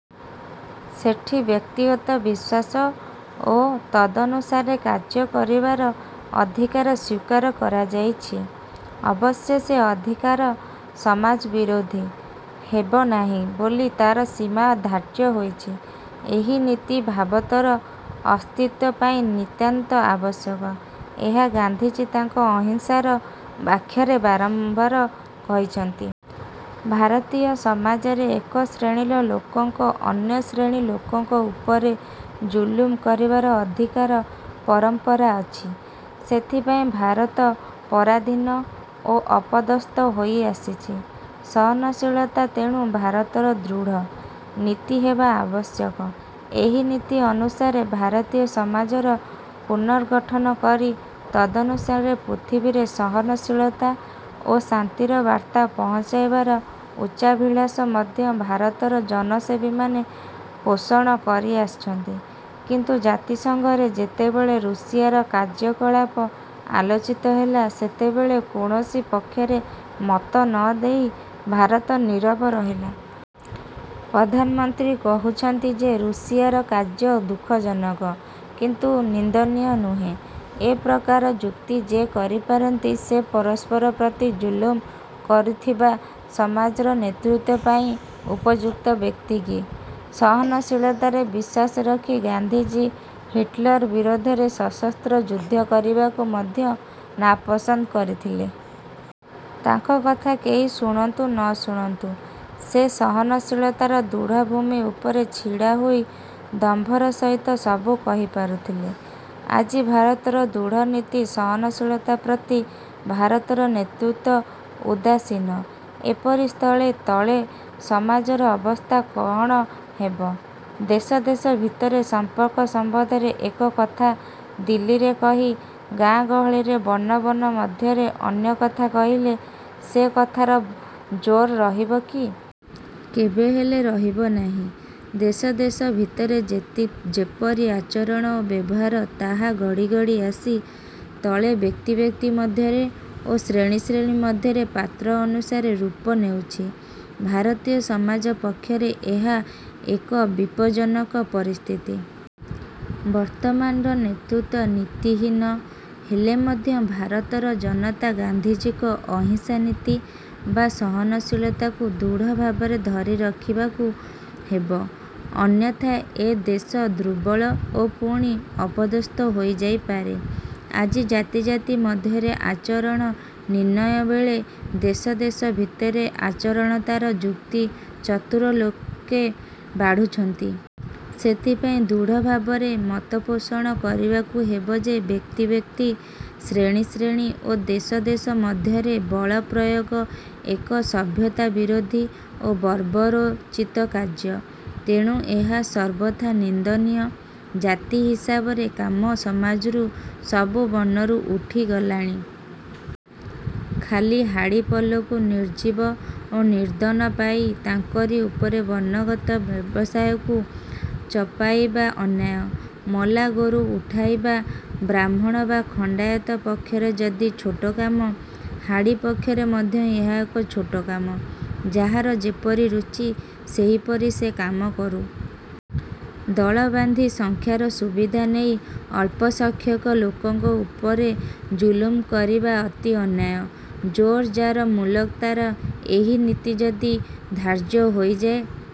ସେଠି ବ୍ୟକ୍ତିଗତ ବିଶ୍ୱାସ ଓ ତଦନୁସାରେ କାର୍ଯ୍ୟ କରିବାର ଅଧିକାର ସ୍ୱୀକାର କରାଯାଇଛି। ଅବଶ୍ୟ ସେ ଅଧିକାର ସମାଜବିରୋଧୀ ହେବନାହିଁ ବୋଲି ତାର ସୀମା ଧାର୍ଯ୍ୟ ହୋଇଛି। ଏହି ନୀତି ଭାରତର ଅସ୍ତିତ୍ୱ ପାଇଁ ନିତାନ୍ତ ଆବଶ୍ୟକ। ଏହା ଗାନ୍ଧିଜୀ ତାଙ୍କ ଅହିଂସାର ବ୍ୟାଖ୍ୟାରେ ବାରମ୍ବାର କହିଛନ୍ତି। ଭାରତୀୟ ସମାଜରେ ଏକ ଶ୍ରେଣୀର ଲୋକଙ୍କ ଅନ୍ୟ ଶ୍ରେଣୀ ଲୋକଙ୍କ ଉପରେ ଜୁଲମ କରିବାର ଅଧିକାର ପରମ୍ପରା ଅଛି। ସେଥିପାଇଁ ଭାରତ ପରାଧୀନ ଓ ଅପଦସ୍ଥ ହୋଇଆସିଛି। ସହନଶୀଳତା ତେଣୁ ଭାରତର ଦୃଢ଼। ନୀତି ହେବା ଆବଶ୍ୟକ। ଏହି ନୀତି ଅନୁସାରେ ଭାରତୀୟ ସମାଜର ପୁନର୍ଗଠନ କରି ତଦନୁସାରେ ପୃଥିବୀରେ ସହନଶୀଳତା ଓ ଶାନ୍ତିର ବାର୍ତ୍ତା ପହୁଞ୍ଚାଇବାର ଉଚ୍ଚାଭିଳାଷ ମଧ୍ୟ ଭାରତର ଜନସେବୀମାନେ ପୋଷଣ କରିଆସିଛନ୍ତି; କିନ୍ତୁ ଜାତିସଂଘରେ ଯେତେବେଳେ ରୁଷିଆର କାର୍ଯ୍ୟକଳାପ ଆଲୋଚିତ ହେଲା, ସେତେବେଳେ କୌଣସି ପକ୍ଷରେ ମତ ନ ଦେଇ ଭାରତ ନୀରବ ରହିଲା। ପ୍ରଧାନମନ୍ତ୍ରୀ କହୁଛନ୍ତି ଯେ ରୁଷିଆର କାର୍ଯ୍ୟ ଦୁଃଖଜନକ; କିନ୍ତୁ ନିନ୍ଦନୀୟ ନୁହେଁ-। ଏପ୍ରକାର ଯୁକ୍ତି ଯେ କରିପାରନ୍ତି, ସେ ପରସ୍ପର ପ୍ରତି ଜୁଲମ କରୁଥିବା ସମାଜର ନେତୃତ୍ୱ ପାଇଁ ଉପଯୁକ୍ତ ବ୍ୟକ୍ତି କି? ସହନଶୀଳତାରେ ବିଶ୍ୱାସ ରଖି ଗାନ୍ଧିଜୀ ହିଟ୍ଲର ବିରୋଧରେ ସଶସ୍ତ୍ର ଯୁଦ୍ଧ କରିବାକୁ ମଧ୍ୟ ନାପସନ୍ଦ କରିଥିଲେ। ତାଙ୍କ କଥା କେହି ଶୁଣନ୍ତୁ ନ ଶୁଣନ୍ତୁ ସେ ସହନଶୀଳତାର ଦୃଢ଼ଭୂମି ଉପରେ ଛିଡ଼ାହୋଇ ଦମ୍ଭର ସହିତ ସବୁ କହିପାରୁଥିଲେ। ଆଜି ଭାରତର ଦୃଢ଼ ନୀତି ସହନଶୀଳତା ପ୍ରତି ଭାରତର ନେତୃତ୍ୱ ଉଦାସୀନ। ଏପରି ସ୍ଥଳେ ତଳେ ସମାଜର ଅବସ୍ଥା କଅଣ ହେବ? ଦେଶ ଦେଶ ଭିତରେ ସମ୍ପର୍କ ସମ୍ବନ୍ଧରେ ଏକ କଥା ଦିଲ୍ଲୀରେ କହି, ଗାଁ ଗହଳିରେ ବର୍ଣ୍ଣ ବର୍ଣ୍ଣ ମଧ୍ୟରେ ଅନ୍ୟ କଥା କହିଲେ, ସେ କଥାର ଜୋର ରହିବ କି? କେବେ ହେଲେ ରହିବ ନାହିଁ-। ଦେଶ ଦେଶ ଭିତରେ ଯେପରି ଆଚରଣ ଓ ବ୍ୟବହାର ତାହା ଗଡ଼ି ଗଡ଼ି ଆସି ତଳେ ବ୍ୟକ୍ତି ବ୍ୟକ୍ତି ମଧ୍ୟରେ ଓ ଶ୍ରେଣୀ ଶ୍ରେଣୀ ମଧ୍ୟରେ ପାତ୍ର ଅନୁସାରେ ରୂପ ନେଉଛି-। ଭାରତୀୟ ସମାଜ ପକ୍ଷରେ ଏହା ଏକ ବିପଜ୍ଜନକ ପରିସ୍ଥିତି। ବର୍ତ୍ତମାନର ନେତୃତ୍ୱ ନୀତିହୀନ ହେଲେ ମଧ୍ୟ ଭାରତର ଜନତା ଗାନ୍ଧିଜୀଙ୍କ ଅହିଂସା ନୀତି ବା ସହନଶୀଳତାକୁ ଦୃଢ଼ ଭାବରେ ଧରି ରଖିବାକୁ ହେବ-। ଅନ୍ୟଥା ଏ ଦେଶ ଦୁର୍ବଳ ଓ ପୁଣି ଅପଦସ୍ଥ ହୋଇଯାଇପାରେ। ଆଜି ଜାତି ଜାତି ମଧ୍ୟରେ ଆଚରଣ ନିର୍ଣ୍ଣୟବେଳେ ଦେଶ ଦେଶ ଭିତରେ ଆଚରଣତାର ଯୁକ୍ତି ଚତୁର ଲୋକେ ବାଢ଼ୁଛନ୍ତି। ସେଥିପାଇଁ ଦୃଢ଼ଭାବରେ ମତ ପୋଷଣ କରିବାକୁ ହେବ ଯେ ବ୍ୟକ୍ତି ବ୍ୟକ୍ତି, ଶ୍ରେଣୀ ଶ୍ରେଣୀ ଓ ଦେଶ ଦେଶ ମଧ୍ୟରେ ବଳ ପ୍ରୟୋଗ ଏକ ସଭ୍ୟତା ବିରୋଧୀ ଓ ବର୍ବରୋଚିତ କାର୍ଯ୍ୟ। ତେଣୁ ଏହା ସର୍ବଥା 'ନିନ୍ଦନୀୟ' ଜାତି ହିସାବରେ କାମ ସମାଜରୁ ସବୁ ବର୍ଣ୍ଣରୁ ଉଠିଗଲାଣି। ଖାଲି ହାଡ଼ିପଲକୁ ନିର୍ଜୀବ ଓ ନିର୍ଦ୍ଧନ ପାଇ ତାଙ୍କରି ଉପରେ ବର୍ଣ୍ଣଗତ ବ୍ୟବସାୟକୁ ଚପାଇବା ଅନ୍ୟାୟ। ମଲା ଗୋରୁ ଉଠାଇବା ବ୍ରାହ୍ମଣ ବା ଖଣ୍ଡାୟତ ପକ୍ଷରେ ଯଦି ଛୋଟ କାମ, ହାଡ଼ି ପକ୍ଷରେ ମଧ୍ୟ ଏହା ଏକ ଛୋଟ କାମ। ଯାହାର ଯେପରି ରୁଚି ସେହିପରି ସେ କାମ କରୁ। ଦଳ ବାନ୍ଧି ସଂଖ୍ୟାର ସୁବିଧା ନେଇ ଅଳ୍ପସଂଖ୍ୟକ ଲୋକଙ୍କ ଉପରେ ଜୁଲମ କରିବା ଅତି ଅନ୍ୟାୟ। ଜୋର୍ ଯା'ର ମୁଲକ ତା'ର ଏହି ନୀତି ଯଦି ଧାର୍ଯ୍ୟ ହୋଇଯାଏ,